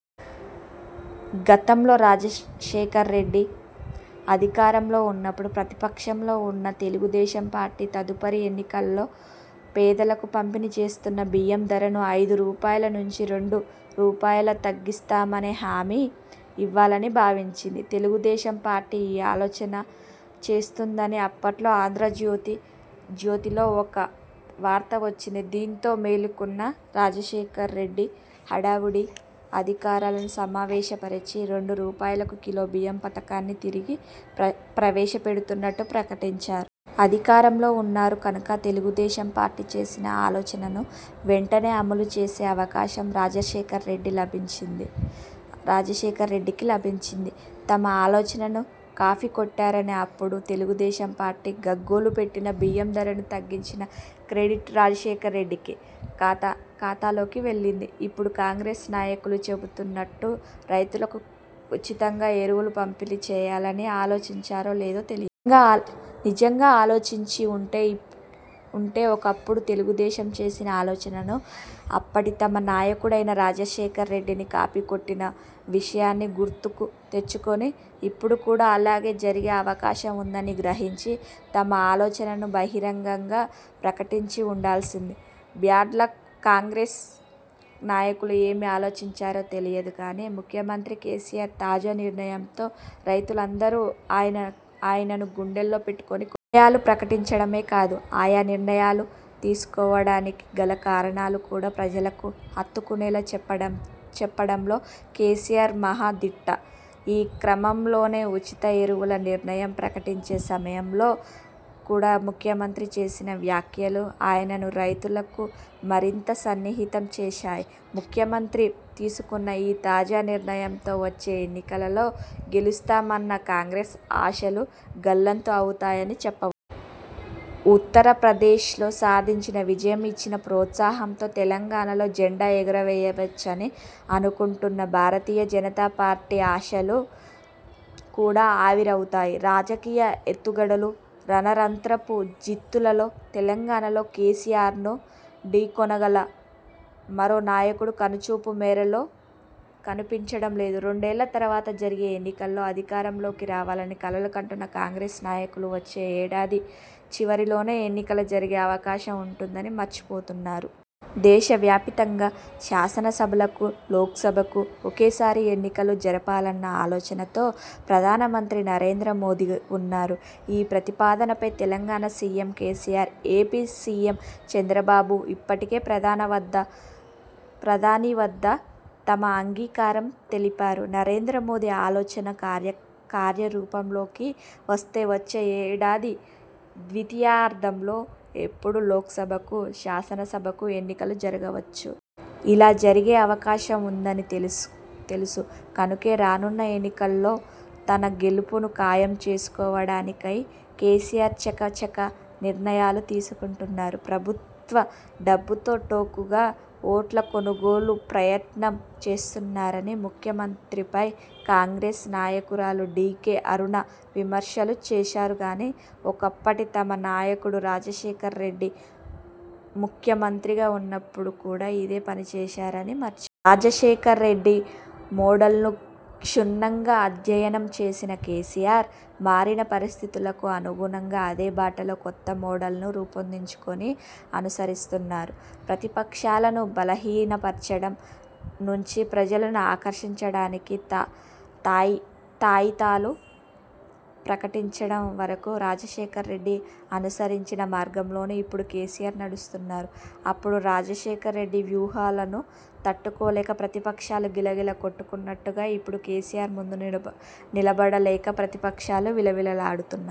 గతంలో రాజశేఖర్రెడ్డి అధికారంలో ఉన్నప్పుడు, ప్రతిపక్షంలో ఉన్న తెలుగుదేశంపార్టీ తదుపరి ఎన్నికలలో పేదలకు పంపిణీ చేస్తున్న బియ్యం ధరను అయిదు రూపాయల నుంచి రెండు రూపాయలకు తగ్గిస్తామనే హామీ ఇవ్వాలని భావించింది. తెలుగుదేశంపార్టీ ఈ ఆలోచన చేస్తున్నదని అప్పట్లో 'ఆంధ్రజ్యోతి'లో ఒక వార్త వచ్చింది. దీంతో మేలుకున్న రాజశేఖర్రెడ్డి హడావుడిగా అధికారులను సమావేశపరచి రెండు రూపాయలకు కిలో బియ్యం పథకాన్ని తిరిగి ప్రవేశపెడుతున్నట్టు ప్రకటించారు. అధికారంలో ఉన్నారు కనుక తెలుగుదేశం పార్టీ చేసిన ఆలోచనను వెంటనే అమలుచేసే అవకాశం రాజశేఖర్రెడ్డికి లభించింది. తమ ఆలోచనను కాపీకొట్టారని అప్పుడు తెలుగుదేశంపార్టీ గగ్గోలుపెట్టినా బియ్యం ధరను తగ్గించిన క్రెడిట్ రాజశేఖర్రెడ్డికి ఖాతాలోకే వెళ్లింది. ఇప్పుడు కాంగ్రెస్ నాయకులు చెబుతున్నట్టు రైతులకు ఉచితంగా ఎరువులు పంపిణీచేయాలని ఆలోచించారో లేదో తెలియదు. నిజంగా ఆలోచించి ఉంటే ఒకప్పుడు తెలుగుదేశం చేసిన ఆలోచనను అప్పటి తమ నాయకుడైన రాజశేఖర్రెడ్డి కాపీకొట్టిన విషయాన్ని గుర్తుకు తెచ్చుకుని, ఇప్పుడు కూడా అలాగే అవకాశం ఉందని గ్రహించి, తమ ఆలోచనను బహిరంగంగా ప్రకటించి ఉండాల్సింది. బ్యాడ్లక్! కాంగ్రెస్ నాయకులు ఏమి ఆలోచించారో తెలియదుగానీ ముఖ్యమంత్రి కేసీఆర్ తాజా నిర్ణయంతో రైతులందరూ ఆయనను గుండెల్లో పెట్టుకుని. నిర్ణయాలు ప్రకటించడమే కాదు, ఆయా నిర్ణయాలు తీసుకోవడానికి గల కారణాలను కూడా ప్రజలకు హత్తుకునేలా చెప్పడంలో కేసీఆర్ మహా దిట్ట! ఈ క్రమంలోనే ఉచిత ఎరువుల నిర్ణయం ప్రకటించే సమయంలో కూడా ముఖ్యమంత్రి చేసిన వ్యాఖ్యలు ఆయనను రైతులకు మరింత సన్నిహితం చేశాయి. ముఖ్యమంత్రి తీసుకున్న ఈ తాజా నిర్ణయంతో వచ్చే ఎన్నికలలో గెలుస్తామన్న కాంగ్రెస్ ఆశలు గల్లంతు అవుతాయని చెప్పవచ్చు. ఉత్తరప్రదేశ్లో సాధించిన విజయం ఇచ్చిన ప్రోత్సాహంతో తెలంగాణలో జెండా ఎగురవేయవచ్చునని అనుకుంటున్న భారతీయ జనతాపార్టీ ఆశలు కూడా ఆవిరి అవుతాయి. రాజకీయ ఎత్తుగడలు, రణతంత్రపు జిత్తులలో తెలంగాణలో కేసీఆర్ను ఢీకొనగల మరో నాయకుడు కనుచూపు మేరలో కనిపించడం లేదు. రెండేళ్ల తర్వాత జరిగే ఎన్నికలలో అధికారంలోకి రావాలని కలలు కంటున్న కాంగ్రెస్ నాయకులు వచ్చే ఏడాది చివరిలోనే ఎన్నికలు జరిగే అవకాశం ఉందని మర్చిపోతున్నారు. దేశవ్యాపితంగా శాసనసభలకు, లోక్సభకు ఒకేసారి ఎన్నికలు జరపాలన్న ఆలోచనతో ప్రధానమంత్రి నరేంద్రమోదీ ఉన్నారు. ఈ ప్రతిపాదనపై Telangana CM KCR, AP CM Chandrababu ఇప్పటికే ప్రధాని వద్ద తమ అంగీకారం తెలిపారు. నరేంద్రమోదీ ఆలోచన కార్యరూపంలోకి వస్తే వచ్చే ఏడాది ద్వితీయార్థంలో ఎప్పుడైనా లోక్సభకు-– శాసనసభకు ఎన్నికలు జరగవచ్చు. ఇలా జరిగే అవకాశం ఉందని తెలుసు కనుకే రానున్న ఎన్నికలలో తన గెలుపును ఖాయం చేసుకోవడానికై కేసీఆర్ చకచకా నిర్ణయాలు తీసుకుంటున్నారు. ప్రభుత్వ డబ్బుతో టోకుగా ఓట్ల కొనుగోలుకు ప్రయత్నం చేస్తున్నారని ముఖ్యమంత్రిపై కాంగ్రెస్ నాయకురాలు డీకే అరుణ విమర్శలు చేశారుగానీ ఒకప్పటి తమ నాయకుడు రాజశేఖర్రెడ్డి ముఖ్యమంత్రిగా ఉన్నప్పుడు కూడా ఇదే పని చేశారని మర్చిపోయారు. రాజశేఖర్రెడ్డి మోడల్ను క్షుణ్ణంగా అధ్యయనం చేసిన కేసీఆర్, మారిన పరిస్థితులకు అనుగుణంగా అదే బాటలో కొత్త మోడల్ను రూపొందించుకుని అనుసరిస్తున్నారు. ప్రతిపక్షాలను బలహీనపర్చడం నుంచి ప్రజలను ఆకర్షించడానికి తాయిలాలు ప్రకటించడం వరకు రాజశేఖర్రెడ్డి అనుసరించిన మార్గంలోనే ఇప్పుడు కేసీఆర్ నడుస్తున్నారు. అప్పుడు రాజశేఖర్రెడ్డి వ్యూహాలను తట్టుకోలేక ప్రతిపక్షాలు గిలగిలా కొట్టుకున్నట్టుగా ఇప్పుడు కేసీఆర్ ముందు నిలబడలేక ప్రతిపక్షాలు విలవిలలాడుతున్నాయి.